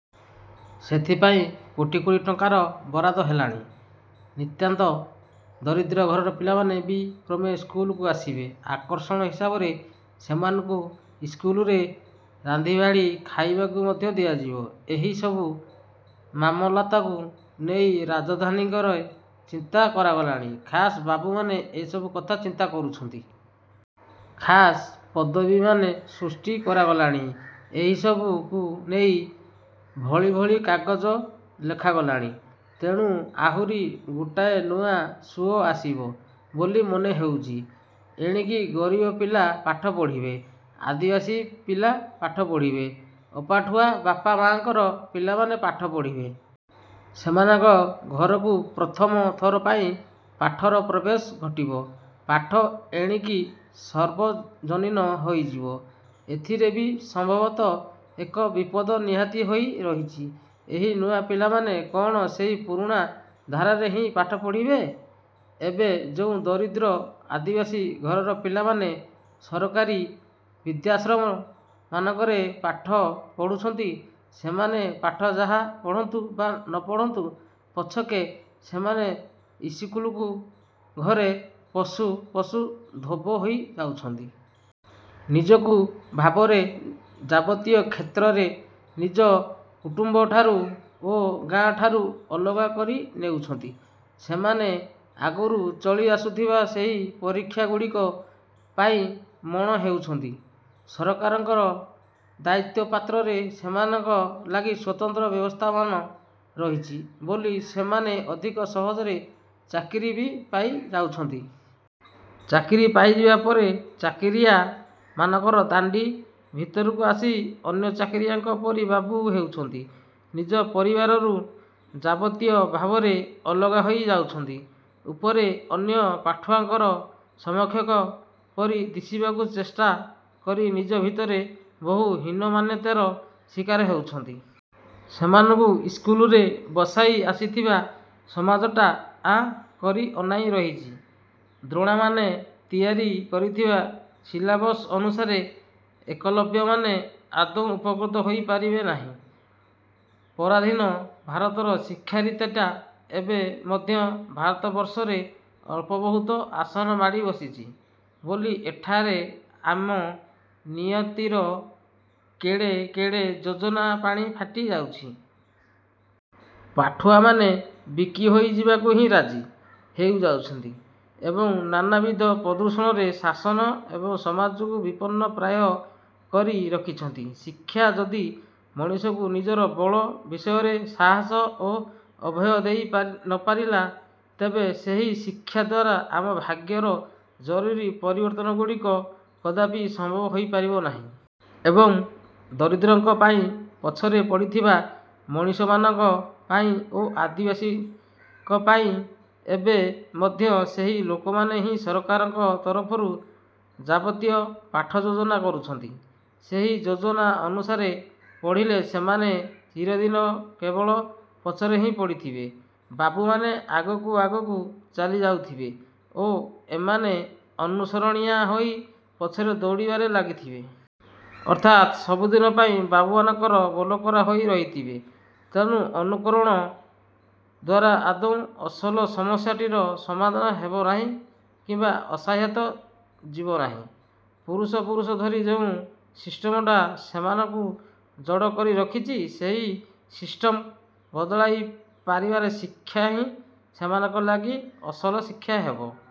ସେଥିପାଇଁ କୋଟି କୋଟି ଟଙ୍କାର ବରାଦ ହେଲାଣି। ନିତାନ୍ତ ଦରିଦ୍ର ଘରର ପିଲାମାନେ ବି କ୍ରମେ ସ୍କୁଲକୁ ଆସିବେ। ଆକର୍ଷଣ ହିସାବରେ ସେମାନଙ୍କୁ ଇସ୍କୁଲରେ ରାନ୍ଧିବାଢ଼ି ଖାଇବାକୁ ମଧ୍ୟ ଦିଆଯିବ। ଏହିସବୁ ମାମଲତକୁ ନେଇ ରାଜଧାନୀମାନଙ୍କରେ ଚିନ୍ତା କରାଗଲାଣି। ଖାସ୍ ବାବୁମାନେ ଏସବୁ କଥା ଚିନ୍ତା କରୁଛନ୍ତି। ଖାସ୍ ପଦବୀମାନ ସୃଷ୍ଟି କରାଗଲାଣି। ଏସବୁକୁ ନେଇ ଭଳି ଭଳି କାଗଜ ଲେଖାଗଲାଣି। ତେଣୁ ଆହୁରି ଗୋଟାଏ ନୂଆ ସୁଅ ଆସିବ ବୋଲି ମନେ ହେଉଛି। ଏଣିକି ଗରିବ ପିଲା ପାଠ ପଢ଼ିବେ। ଆଦିବାସୀ ପିଲା ପାଠ ପଢ଼ିବେ, ଅପାଠୁଆ ବାପା ମାଆଙ୍କର ପିଲାମାନେ ପାଠ ପଢ଼ିବେ। ସେମାନଙ୍କ ଘରକୁ ପ୍ରଥମ ଥର ପାଇଁ ପାଠର ପ୍ରବେଶ ଘଟିବ। ପାଠ ଏଣିକି ସାର୍ବଜନୀନ ହୋଇଯିବ। ଏଥିରେ ବି ସମ୍ଭବତଃ ଏକ ବିପଦ ନିହିତ ହୋଇ ରହିଛି। ଏହି ନୂଆ ପିଲାମାନେ କ'ଣ ସେହି ପୁରୁଣା ଧାରାରେ ହିଁ ପାଠ ପଢ଼ିବେ? ଏବେ ଯେଉଁ ଦରିଦ୍ର ଆଦିବାସୀ ଘରର ପିଲାମାନେ ସରକାରୀ ବିଦ୍ୟାଶ୍ରମ ମାନଙ୍କରେ ପାଠ ପଢୁଛନ୍ତି, ସେମାନେ ପାଠ ଯାହା ପଢ଼ନ୍ତୁ ବା ନପଢ଼ନ୍ତୁ ପଛକେ, ସେମାନେ ଇସ୍କୁଲ ଘରେ ପଶୁ ପଶୁ ଧୋବ ହୋଇ ଯାଉଛନ୍ତି-। ନିଜକୁ ଭାବର ଯାବତୀୟ କ୍ଷେତ୍ରରେ ନିଜ କୁଟୁମ୍ବଠାରୁ ଓ ଗାଁ ଠାରୁ ଅଲଗା କରି ନେଉଛନ୍ତି। ସେମାନେ ଆଗରୁ ଚଳି ଆସୁଥିବା ସେହି ପରୀକ୍ଷାଗୁଡ଼ିକ ପାଇଁ ମଣ ହେଉଛନ୍ତି। ସରକାରଙ୍କର ଦୟାପାତ୍ରରେ ସେମାନଙ୍କ ଲାଗି ସ୍ୱତନ୍ତ୍ର ବ୍ୟବସ୍ଥାମାନ ରହିଛି ବୋଲି ସେମାନେ ଅଧିକ ସହଜରେ ଚାକିରି ବି ପାଇ ଯାଉଛନ୍ତି। ଚାକିରି ପାଇଯିବା ପରେ ଚାକିରିଆ ମାନଙ୍କର ଦାଣ୍ଡି ଭିତରକୁ ଆସି ଅନ୍ୟ ଚାକିରିଆଙ୍କ ପରି ବାବୁ ହେଉଛନ୍ତି। ନିଜ ପରିବାରରୁ ଯାବତୀୟ ଭାବରେ ଅଲଗା ହୋଇ ଯାଉଛନ୍ତି। ଉପରେ ଅନ୍ୟ ପାଠୁଆଙ୍କର ସମକକ୍ଷ ପରି ଦିଶିବାକୁ ଚେଷ୍ଟା କରି ନିଜ ଭିତରେ ବହୁ ହୀନମନ୍ୟତାର ଶିକାର ହୋଇଛନ୍ତି। ସେମାନଙ୍କୁ ଇସ୍କୁଲରେ ବସାଇ ଆସିଥିବା ସମାଜଟା ଆଁ କରି ଅନାଇ ରହିଛି। ଦ୍ରୋଣମାନେ ତିଆରି କରିଥିବା ସିଲାବସ୍ ଅନୁସାରେ ଏକଲବ୍ୟମାନେ ଆଦୌ ଉପକୃତ ହୋଇ ପାରିବେନାହିଁ। ପରାଧୀନ ଭାରତର ଶିକ୍ଷାରୀତିଟା ଏବେ ମଧ୍ୟ ଭାରତବର୍ଷରେ ଅଳ୍ପବହୁତ ଆସନ ମାଡ଼ି ବସିଛି ବୋଲି ଏଠାରେ ଆମ ନିୟତିର କେଡ଼େ କେଡ଼େ ଯୋଜନା ପାଣି ଫାଟି ଯାଉଛି। ପାଠୁଆମାନେ ବିକି ହୋଇ ଯିବାକୁ ହିଁ ରାଜି ହୋଇଯାଉଛନ୍ତି ଏବଂ ନାନାବିଧ ପ୍ରଦୂଷଣରେ ଶାସନ ଏବଂ ସମାଜକୁ ବିପନ୍ନ ପ୍ରାୟ କରି ରଖିଛନ୍ତି। ଶିକ୍ଷା ଯଦି ମଣିଷକୁ ନିଜର ବଳ ବିଷୟରେ ସାହସ ଓ ଅଭୟ ଦେଇ ନପାରିଲା, ତେବେ ସେହି ଶିକ୍ଷାଦ୍ଵାରା ଆମ ଭାଗ୍ୟର ଜରୁରୀ ପରିବର୍ତ୍ତନଗୁଡ଼ିକ କଦାପି ସମ୍ଭବ ହୋଇ ପାରିବନାହିଁ। ଏବଂ ଦରିଦ୍ରଙ୍କ ପାଇଁ, ପଛରେ ପଡ଼ିଥିବା ମଣିଷମାନଙ୍କ ପାଇଁ ଓ ଆଦିବାସୀଙ୍କ ପାଇଁ ଏବେ ମଧ୍ୟ ସେହି ଲୋକମାନେ ହିଁ ସରକାରଙ୍କ ତରଫରୁ ଯାବତୀୟ ପାଠଯୋଜନା କରୁଛନ୍ତି। ସେହି ଯୋଜନା ଅନୁସାରେ ପଢ଼ିଲେ ସେମାନେ ଚିରଦିନ କେବଳ ପଛରେ ହିଁ ପଡ଼ିଥବେ। ବାବୁମାନେ ଆଗକୁ ଆଗକୁ ଚାଲିଯାଉଥିବେ ଓ ଏମାନେ ଅନୁସରଣିଆ ହୋଇ ପଛରେ ଦୌଡ଼ିବାରେ ଲାଗିଥିବେ। ଅର୍ଥାତ୍ ସବୁଦିନ ପାଇଁ ବାବୁମାନଙ୍କର ବୋଲକରା ହୋଇ ରହିଥିବେ। ତେଣୁ ଅନୁକରଣ। ଦ୍ଵାରା ଆଦୌ ଅସଲ ସମସ୍ୟାଟିର ସମାଧାନ ହେବନାହିଁ କିମ୍ବା ଅସହାୟତା ଯିବନାହିଁ। ପୁରୁଷ ପୁରୁଷ ଧରି ଯେଉଁ ସିଷ୍ଟମଟା ସେମାନଙ୍କୁ ଜଡ଼ କରି ରଖିଛି, ସେହି ସିଷ୍ଟମ୍କୁ ବଦଳାଇ ପାରିବାର ଶିକ୍ଷାହିଁ ସେମାନଙ୍କ ଲାଗି ଅସଲ ଶିକ୍ଷା ହେବ।